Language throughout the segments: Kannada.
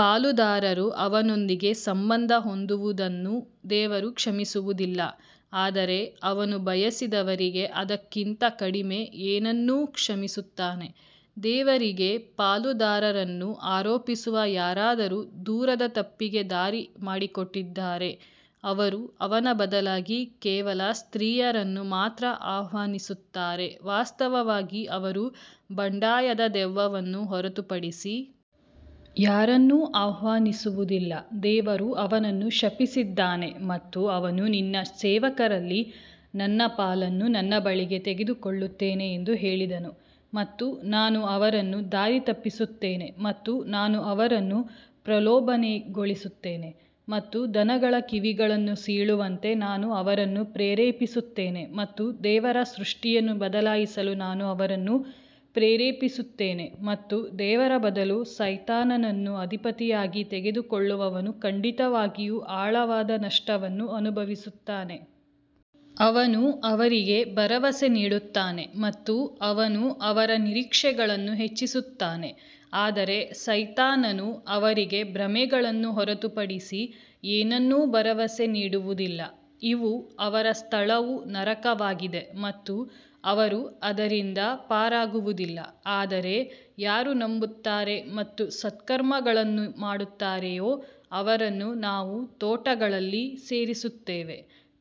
ಪಾಲುದಾರರು ಅವನೊಂದಿಗೆ ಸಂಬಂಧ ಹೊಂದುವುದನ್ನು ದೇವರು ಕ್ಷಮಿಸುವುದಿಲ್ಲ ಆದರೆ ಅವನು ಬಯಸಿದವರಿಗೆ ಅದಕ್ಕಿಂತ ಕಡಿಮೆ ಏನನ್ನೂ ಕ್ಷಮಿಸುತ್ತಾನೆ, ದೇವರಿಗೆ ಪಾಲುದಾರರನ್ನು ಆರೋಪಿಸುವ ಯಾರಾದರೂ ದೂರದ ತಪ್ಪಿಗೆ ದಾರಿ ಮಾಡಿಕೊಟ್ಟಿದ್ದಾರೆ. ಅವರು ಅವನ ಬದಲಾಗಿ ಕೇವಲ ಸ್ತ್ರೀಯರನ್ನು ಮಾತ್ರ ಆಹ್ವಾನಿಸುತ್ತಾರೆ ವಾಸ್ತವವಾಗಿ ಅವರು ಬಂಡಾಯದ ದೆವ್ವವನ್ನು ಹೊರತುಪಡಿಸಿ ಯಾರನ್ನೂ ಆಹ್ವಾನಿಸುವುದಿಲ್ಲ ದೇವರು ಅವನನ್ನು ಶಪಿಸಿದ್ದಾನೆ ಮತ್ತು ಅವನು ನಿನ್ನ ಸೇವಕರಲ್ಲಿ ನನ್ನ ಪಾಲನ್ನು ನನ್ನ ಬಳಿಗೆ ತೆಗೆದುಕೊಳ್ಳುತ್ತೇನೆ ಎಂದು ಹೇಳಿದನು ಮತ್ತು ನಾನು ಅವರನ್ನು ದಾರಿತಪ್ಪಿಸುತ್ತೇನೆ ಮತ್ತು ನಾನು ಅವರನ್ನು ಪ್ರಲೋಭನೆಗೊಳಿಸುತ್ತೇನೆ ಮತ್ತು ದನಗಳ ಕಿವಿಗಳನ್ನು ಸೀಳುವಂತೆ ನಾನು ಅವರನ್ನು ಪ್ರೇರೇಪಿಸುತ್ತೇನೆ ಮತ್ತು ದೇವರ ಸೃಷ್ಟಿಯನ್ನು ಬದಲಾಯಿಸಲು ನಾನು ಅವರನ್ನು ಪ್ರೇರೇಪಿಸುತ್ತೇನೆ ಮತ್ತು ದೇವರ ಬದಲು ಸೈತಾನನನ್ನು ಅಧಿಪತಿಯಾಗಿ ತೆಗೆದುಕೊಳ್ಳುವವನು ಖಂಡಿತವಾಗಿಯೂ ಆಳವಾದ ನಷ್ಟವನ್ನು ಅನುಭವಿಸುತ್ತಾನೆ. ಅವನು ಅವರಿಗೆ ಭರವಸೆ ನೀಡುತ್ತಾನೆ ಮತ್ತು ಅವನು ಅವರ ನಿರೀಕ್ಷೆಗಳನ್ನು ಹೆಚ್ಚಿಸುತ್ತಾನೆ ಆದರೆ ಸೈತಾನನು ಅವರಿಗೆ ಭ್ರಮೆಗಳನ್ನು ಹೊರತುಪಡಿಸಿ ಏನನ್ನೂ ಭರವಸೆ ನೀಡುವುದಿಲ್ಲ ಇವು ಅವರ ಸ್ಥಳವು ನರಕವಾಗಿದೆ ಮತ್ತು ಅವರು ಅದರಿಂದ ಪಾರಾಗುವುದಿಲ್ಲ ಆದರೆ ಯಾರು ನಂಬುತ್ತಾರೆ ಮತ್ತು ಸತ್ಕರ್ಮಗಳನ್ನು ಮಾಡುತ್ತಾರೆಯೋ ಅವರನ್ನು ನಾವು ತೋಟಗಳಲ್ಲಿ ಸೇರಿಸುತ್ತೇವೆ,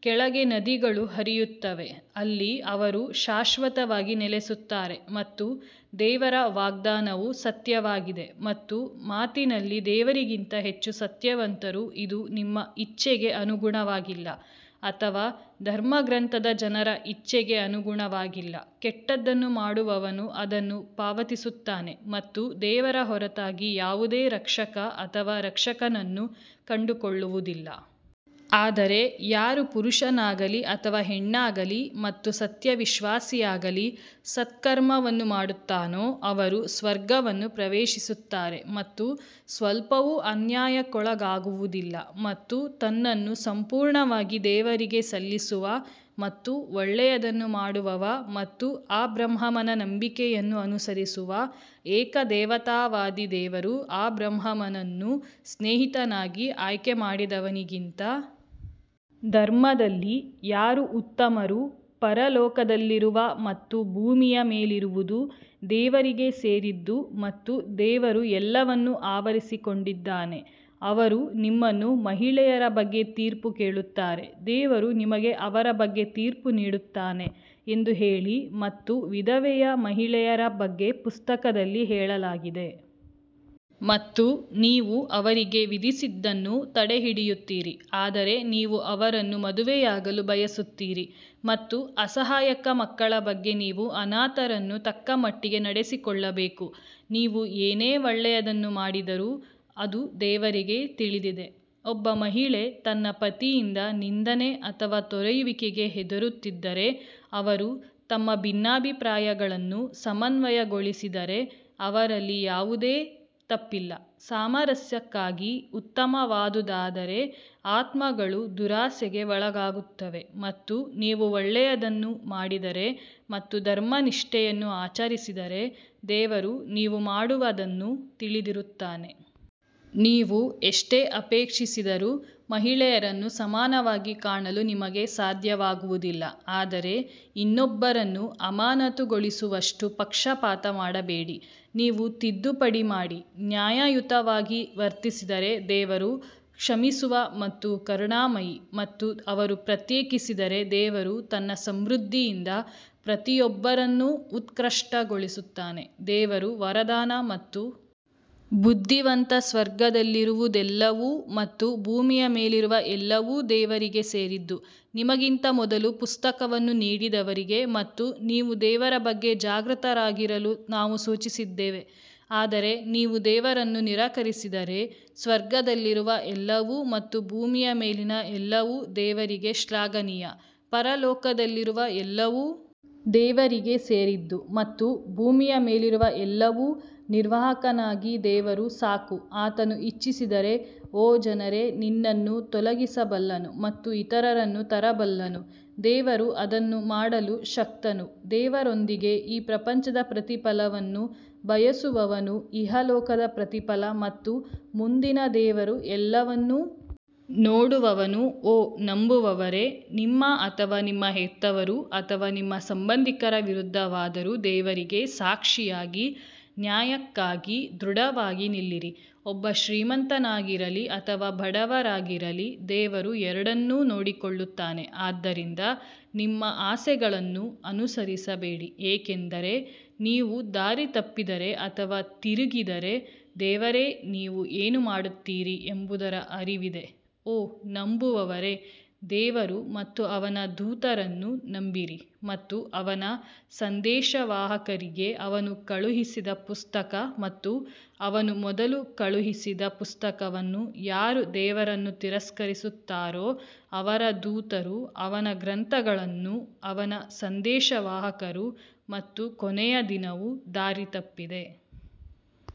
ಕೆಳಗೆ ನದಿಗಳು ಹರಿಯುತ್ತವೆ, ಅಲ್ಲಿ ಅವರು ಶಾಶ್ವತವಾಗಿ ನೆಲೆಸುತ್ತಾರೆ ಮತ್ತು ದೇವರ ವಾಗ್ದಾನವು ಸತ್ಯವಾಗಿದೆ ಮತ್ತು ಮಾತಿನಲ್ಲಿ ದೇವರಿಗಿಂತ ಹೆಚ್ಚು ಸತ್ಯವಂತರು ಇದು ನಿಮ್ಮ ಇಚ್ಛೆಗೆ ಅನುಗುಣವಾಗಿಲ್ಲ ಅಥವಾ ಧರ್ಮಗ್ರಂಥದ ಜನರ ಇಚ್ಛೆಗೆ ಅನುಗುಣವಾಗಿಲ್ಲ, ಕೆಟ್ಟದ್ದನ್ನು ಮಾಡುವವನು ಅದನ್ನು ಪಾವತಿಸುತ್ತಾನೆ ಮತ್ತು ದೇವರ ಹೊರತಾಗಿ ಯಾವುದೇ ರಕ್ಷಕ ಅಥವಾ ರಕ್ಷಕನನ್ನು ಕಂಡುಕೊಳ್ಳುವುದಿಲ್ಲ. ಆದರೆ ಯಾರು ಪುರುಷನಾಗಲಿ ಅಥವಾ ಹೆಣ್ಣಾಗಲಿ ಮತ್ತು ಸತ್ಯವಿಶ್ವಾಸಿಯಾಗಲಿ ಸತ್ಕರ್ಮವನ್ನು ಮಾಡುತ್ತಾನೋ ಅವರು ಸ್ವರ್ಗವನ್ನು ಪ್ರವೇಶಿಸುತ್ತಾರೆ ಮತ್ತು ಸ್ವಲ್ಪವೂ ಅನ್ಯಾಯಕ್ಕೊಳಗಾಗುವುದಿಲ್ಲ. ಮತ್ತು ತನ್ನನ್ನು ಸಂಪೂರ್ಣವಾಗಿ ದೇವರಿಗೆ ಸಲ್ಲಿಸುವ ಮತ್ತು ಒಳ್ಳೆಯದನ್ನು ಮಾಡುವವ ಮತ್ತು ಅಬ್ರಹಾಮನ ನಂಬಿಕೆಯನ್ನು ಅನುಸರಿಸುವ ಏಕದೇವತಾವಾದಿ ದೇವರು ಅಬ್ರಹಾಮನನ್ನು ಸ್ನೇಹಿತನಾಗಿ ಆಯ್ಕೆ ಮಾಡಿದವನಿಗಿಂತ ಧರ್ಮದಲ್ಲಿ ಯಾರು ಉತ್ತಮರು ಪರಲೋಕದಲ್ಲಿರುವ ಮತ್ತು ಭೂಮಿಯ ಮೇಲಿರುವುದು ದೇವರಿಗೆ ಸೇರಿದ್ದು ಮತ್ತು ದೇವರು ಎಲ್ಲವನ್ನೂ ಆವರಿಸಿಕೊಂಡಿದ್ದಾನೆ ಅವರು ನಿಮ್ಮನ್ನು ಮಹಿಳೆಯರ ಬಗ್ಗೆ ತೀರ್ಪು ಕೇಳುತ್ತಾರೆ, ದೇವರು ನಿಮಗೆ ಅವರ ಬಗ್ಗೆ ತೀರ್ಪು ನೀಡುತ್ತಾನೆ ಎಂದು ಹೇಳಿ ಮತ್ತು ವಿಧವೆಯ ಮಹಿಳೆಯರ ಬಗ್ಗೆ ಪುಸ್ತಕದಲ್ಲಿ ಹೇಳಲಾಗಿದೆ ಮತ್ತು ನೀವು ಅವರಿಗೆ ವಿಧಿಸಿದ್ದನ್ನು ತಡೆಹಿಡಿಯುತ್ತೀರಿ ಆದರೆ ನೀವು ಅವರನ್ನು ಮದುವೆಯಾಗಲು ಬಯಸುತ್ತೀರಿ ಮತ್ತು ಅಸಹಾಯಕ ಮಕ್ಕಳ ಬಗ್ಗೆ ನೀವು ಅನಾಥರನ್ನು ತಕ್ಕಮಟ್ಟಿಗೆ ನಡೆಸಿಕೊಳ್ಳಬೇಕು, ನೀವು ಏನೇ ಒಳ್ಳೆಯದನ್ನು ಮಾಡಿದರೂ ಅದು ದೇವರಿಗೆ ತಿಳಿದಿದೆ ಒಬ್ಬ ಮಹಿಳೆ ತನ್ನ ಪತಿಯಿಂದ ನಿಂದನೆ ಅಥವಾ ತೊರೆಯುವಿಕೆಗೆ ಹೆದರುತ್ತಿದ್ದರೆ ಅವರು ತಮ್ಮ ಭಿನ್ನಾಭಿಪ್ರಾಯಗಳನ್ನು ಸಮನ್ವಯಗೊಳಿಸಿದರೆ ಅವರಲ್ಲಿ ಯಾವುದೇ ತಪ್ಪಿಲ್ಲ, ಸಾಮರಸ್ಯಕ್ಕಾಗಿ ಉತ್ತಮವಾದುದಾದರೆ ಆತ್ಮಗಳು ದುರಾಸೆಗೆ ಒಳಗಾಗುತ್ತವೆ ಮತ್ತು ನೀವು ಒಳ್ಳೆಯದನ್ನು ಮಾಡಿದರೆ ಮತ್ತು ಧರ್ಮನಿಷ್ಠೆಯನ್ನು ಆಚರಿಸಿದರೆ ದೇವರು ನೀವು ಮಾಡುವದನ್ನು ತಿಳಿದಿರುತ್ತಾನೆ. ನೀವು ಎಷ್ಟೇ ಅಪೇಕ್ಷಿಸಿದರೂ ಮಹಿಳೆಯರನ್ನು ಸಮಾನವಾಗಿ ಕಾಣಲು ನಿಮಗೆ ಸಾಧ್ಯವಾಗುವುದಿಲ್ಲ ಆದರೆ ಇನ್ನೊಬ್ಬರನ್ನು ಅಮಾನತುಗೊಳಿಸುವಷ್ಟು ಪಕ್ಷಪಾತ ಮಾಡಬೇಡಿ ನೀವು ತಿದ್ದುಪಡಿ ಮಾಡಿ ನ್ಯಾಯಯುತವಾಗಿ ವರ್ತಿಸಿದರೆ ದೇವರು ಕ್ಷಮಿಸುವ ಮತ್ತು ಕರುಣಾಮಯಿ ಮತ್ತು ಅವರು ಪ್ರತ್ಯೇಕಿಸಿದರೆ ದೇವರು ತನ್ನ ಸಮೃದ್ಧಿಯಿಂದ ಪ್ರತಿಯೊಬ್ಬರನ್ನು ಉತ್ಕೃಷ್ಟಗೊಳಿಸುತ್ತಾನೆ ದೇವರು ವರದಾನ ಮತ್ತು ಬುದ್ಧಿವಂತ ಸ್ವರ್ಗದಲ್ಲಿರುವುದೆಲ್ಲವೂ ಮತ್ತು ಭೂಮಿಯ ಮೇಲಿರುವ ಎಲ್ಲವೂ ದೇವರಿಗೆ ಸೇರಿದ್ದು, ನಿಮಗಿಂತ ಮೊದಲು ಪುಸ್ತಕವನ್ನು ನೀಡಿದವರಿಗೆ ಮತ್ತು ನೀವು ದೇವರ ಬಗ್ಗೆ ಜಾಗೃತರಾಗಿರಲು ನಾವು ಸೂಚಿಸಿದ್ದೇವೆ ಆದರೆ ನೀವು ದೇವರನ್ನು ನಿರಾಕರಿಸಿದರೆ ಸ್ವರ್ಗದಲ್ಲಿರುವ ಎಲ್ಲವೂ ಮತ್ತು ಭೂಮಿಯ ಮೇಲಿನ ಎಲ್ಲವೂ ದೇವರಿಗೆ ಶ್ಲಾಘನೀಯ ಪರಲೋಕದಲ್ಲಿರುವ ಎಲ್ಲವೂ ದೇವರಿಗೆ ಸೇರಿದ್ದು ಮತ್ತು ಭೂಮಿಯ ಮೇಲಿರುವ ಎಲ್ಲವೂ ನಿರ್ವಾಹಕನಾಗಿ ದೇವರು ಸಾಕು ಆತನು ಇಚ್ಛಿಸಿದರೆ ಓ ಜನರೇ ನಿನ್ನನ್ನು ತೊಲಗಿಸಬಲ್ಲನು ಮತ್ತು ಇತರರನ್ನು ತರಬಲ್ಲನು ದೇವರು ಅದನ್ನು ಮಾಡಲು ಶಕ್ತನು ದೇವರೊಂದಿಗೆ ಈ ಪ್ರಪಂಚದ ಪ್ರತಿಫಲವನ್ನು ಬಯಸುವವನು ಇಹಲೋಕದ ಪ್ರತಿಫಲ ಮತ್ತು ಮುಂದಿನ ದೇವರು ಎಲ್ಲವನ್ನೂ ನೋಡುವವನು ಓ ನಂಬುವವರೇ, ನಿಮ್ಮ ಅಥವಾ ನಿಮ್ಮ ಹೆತ್ತವರು ಅಥವಾ ನಿಮ್ಮ ಸಂಬಂಧಿಕರ ವಿರುದ್ಧವಾದರೂ ದೇವರಿಗೆ ಸಾಕ್ಷಿಯಾಗಿ ನ್ಯಾಯಕ್ಕಾಗಿ ದೃಢವಾಗಿ ನಿಲ್ಲಿರಿ, ಒಬ್ಬ ಶ್ರೀಮಂತನಾಗಿರಲಿ ಅಥವಾ ಬಡವರಾಗಿರಲಿ ದೇವರು ಎರಡನ್ನೂ ನೋಡಿಕೊಳ್ಳುತ್ತಾನೆ ಆದ್ದರಿಂದ ನಿಮ್ಮ ಆಸೆಗಳನ್ನು ಅನುಸರಿಸಬೇಡಿ ಏಕೆಂದರೆ ನೀವು ದಾರಿ ತಪ್ಪಿದರೆ ಅಥವಾ ತಿರುಗಿದರೆ ದೇವರೇ ನೀವು ಏನು ಮಾಡುತ್ತೀರಿ ಎಂಬುದರ ಅರಿವಿದೆ ಓ ನಂಬುವವರೇ, ದೇವರು ಮತ್ತು ಅವನ ದೂತರನ್ನು ನಂಬಿರಿ ಮತ್ತು ಅವನ ಸಂದೇಶವಾಹಕರಿಗೆ ಅವನು ಕಳುಹಿಸಿದ ಪುಸ್ತಕ ಮತ್ತು ಅವನು ಮೊದಲು ಕಳುಹಿಸಿದ ಪುಸ್ತಕವನ್ನು ಯಾರು ದೇವರನ್ನು ತಿರಸ್ಕರಿಸುತ್ತಾರೋ ಅವರ ದೂತರು ಅವನ ಗ್ರಂಥಗಳನ್ನು ಅವನ ಸಂದೇಶವಾಹಕರು ಮತ್ತು ಕೊನೆಯ ದಿನವು ದಾರಿ ತಪ್ಪಿದೆ.